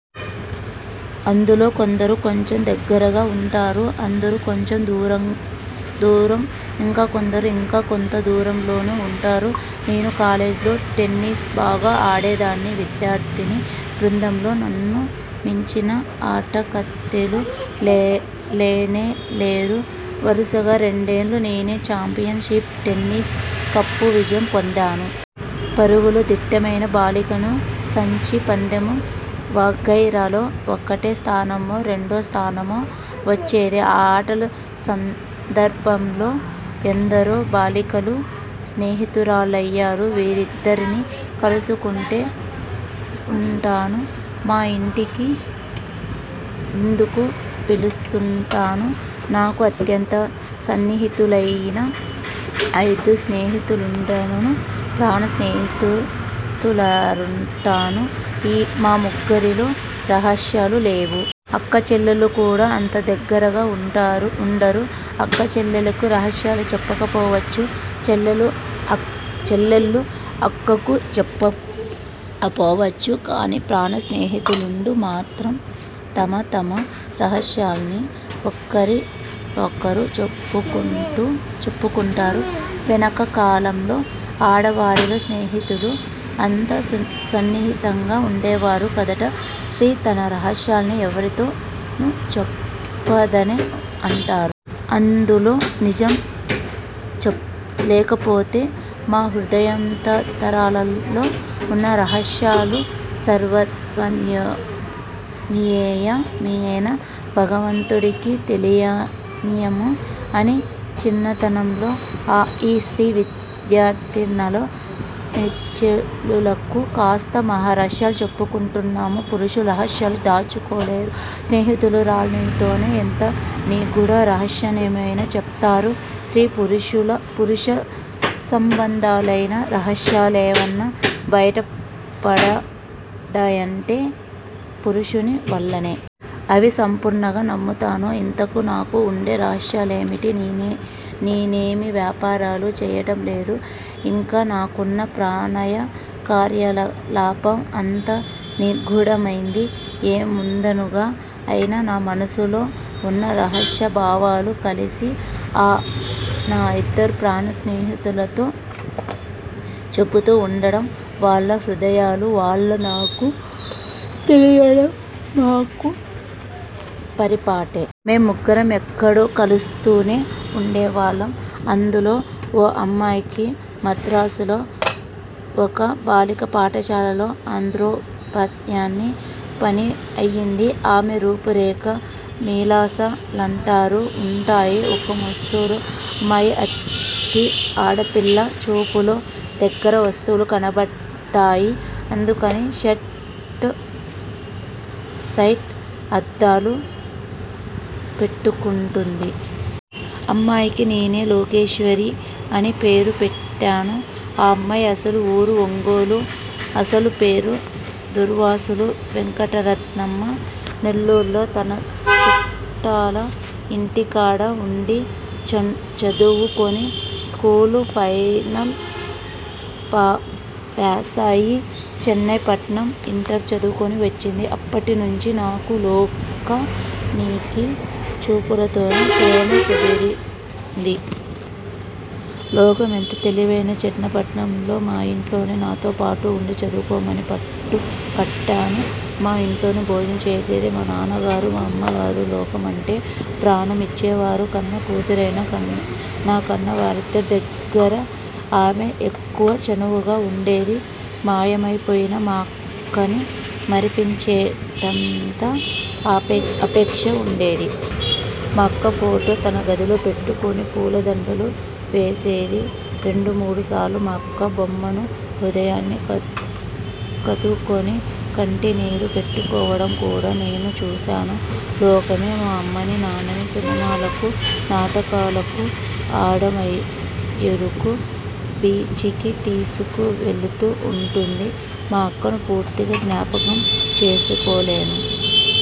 అందులో కొందరు కొంచెం దగ్గరగా ఉంటారు, అందరు కొంచెం దూరం, ఇంకా కొందరు ఇంకా కొంతదూరంలోను ఉంటారు. నేను కాలేజేలో టెన్నిస్ బాగా ఆడేదాన్ని. విద్యార్ధినీ బృందంలో నన్ను మించిన ఆటకత్తెలు లేనేలేరు, వరుసగా రెండేండ్లు నేనె ఛాంపియన్ షిప్ టెన్నిస్ కప్పు విజయం పొందాను. పరుగులో దిట్టమైన బాలికను. సంచి పందెము వగైరాలో ఒకటో స్థానమో, రెండో స్థానమో వచ్చేది. ఆ ఆటల సందర్బంలో ఎందరో బాలికలు స్నేహితురాళ్ళయ్యారు. వీరందరినీ కలుసుకుంటూ ఉంటాను. మా యింటికి విందుకు పిలుస్తూంటాను. నాకు అత్యంత సన్నిహితులయిన ఆ ఇద్దరు స్నేహితురాండ్రనూ ప్రాణ స్నేహితురాళ్ళంటాను. మా ముగ్గురిలో రహస్యాలు లేవు. అక్క చెల్లెళ్ళు కూడా అంత దగ్గరగా ఉండరు. అక్క చెల్లెలికి రహస్యాలు చెప్పకపోవచ్చును. చెల్లెలు అక్కకు చెప్పకపోవచ్చును. కాని ప్రాణ స్నేహితురాండ్రు మాత్రం తమ తమ రహస్యాలన్నీ ఒకరికొకరు చెప్పుకుంటారు. వెనుక కాలంలో ఆడవారిలో స్నేహితులు అంత సన్నిహితంగా ఉండేవారు కాదట. స్త్రీ తన రహస్యాలన్నీ ఎవరితోనూ చెప్పదనే అంటారు. అందులో నిజం లేకపోలేదు. మా హృదయాంతరాలలో ఉన్న రహస్యాలు సర్వాంతర్యామియైన భగవంతునికే తెలియనియ్యము. కాని చిన్నతనంలో ఈ స్త్రీ విద్యాదినాల్లో నెచ్చెలులకు కాస్త మా రహస్యాలు చెప్పుకుంటున్నాము. పురుషులు రహస్యాలు దాచుకోలేరు. ఏ స్నేహితురానితోనో ఎంత నిగూఢ రహస్యాన్నైనా చెప్పేస్తారు. స్త్రీ పురుష సంబంధాలైన రహస్యాలేవన్నా బయటపడ్డాయంటే పురుషుని వల్లనే. అవి సంపూర్ణంగా నమ్ముతాను. ఇంతకూ నాకు ఉండే రహస్యాలేమిటి? నే నేమీ వ్యాపారాలు చేయటంలేదు. ఇంక నాకున్న ప్రణయ కార్యకలాపం అంత నిగూఢమైంది ఏముందిగనకా? అయినా నా మనసులో ఉన్న రహస్యభావాలు కాసిని, ఆ నా ఇద్దరు ప్రాణ స్నేహితురాళ్ళతో చెప్పుతూ వుండడం, వాళ్ళ హృదయాలు వాళ్ళు నాకు తెలియజేయడం మాకు పరిపాటే. మేం ముగ్గురం ఎక్కడో కలుస్తూనే ఉండేవాళ్ళం. అందులో ఓ అమ్మాయికి మద్రాసులో ఒక బాలికా పాఠశాలలో ఆంద్రోపాద్యాయిని పని అయింది. ఆమె రూపు రేఖా విలాసా లంటారా? ఉంటాయి ఒక మోస్తరు. ఆ అమ్మాయి అతి ఆడపిల్ల. చూపులో దగ్గర వస్తువులు కనబడతాయి. అందుకని షార్ట్ సైట్ అద్దాలు పెట్టుకుంటుంది. ఆ అమ్మాయికి నేనె లోకేశ్వరి అని పేరు పెట్టాను. ఆ అమ్మాయి అసలు ఊరు ఒంగోలు. అసలు పేరు దుర్వాసుల వెంకటరత్నమ్మ. నెల్లూరులో తన చుట్టాల ఇంటికడ ఉండి చదువుకొని, స్కూలు ఫైనలు ప్యాసయి చెన్న పట్నం ఇంటరు చదువుకని వచ్చింది. అప్పటినుంచీ నాకూ, 'లోకా'నికీ చూపులతోనే ప్రేమ కుదిరింది. లోకం ఎంత తెలివైనది! చెన్నపట్నంలో మాయింట్లోనే నాతోపాటే ఉండి చదువుకోమని పట్టుపట్టినాను. మా ఇంట్లోనే భోజనం చేసేది. మా నాన్న గారూ, మా అమ్మగారూ లోకం అంటే ప్రాణం ఇచ్చేవారు. కన్నా కూతురైన నాకన్న వాళ్ళిద్దరి దగ్గరా ఆమె ఎక్కువ చనువుగా ఉండేది. మాయమైపోయిన మా అక్కని మరపించేటంత ఆపేక్షగా వుండేది. మా అక్క ఫోటో తన గదిలో పెట్టుకొని పూలదండలు వేసేది. రెండు మూడుసార్లు మా అక్క బొమ్మను హృదయాని కద్దుకొని కంటినీరు పెట్టుకోవడం కూడా నేను చూశాను. లోకమే మా అమ్మనీ, నాన్ననీ సినిమాలకు, నాటకాలకు అడయారుకు, బీచికీ తీసుకువెడుతూ ఉంటుంది. మా అక్కను పూర్తిగా జ్ఞాపకం చేసుకోలేను.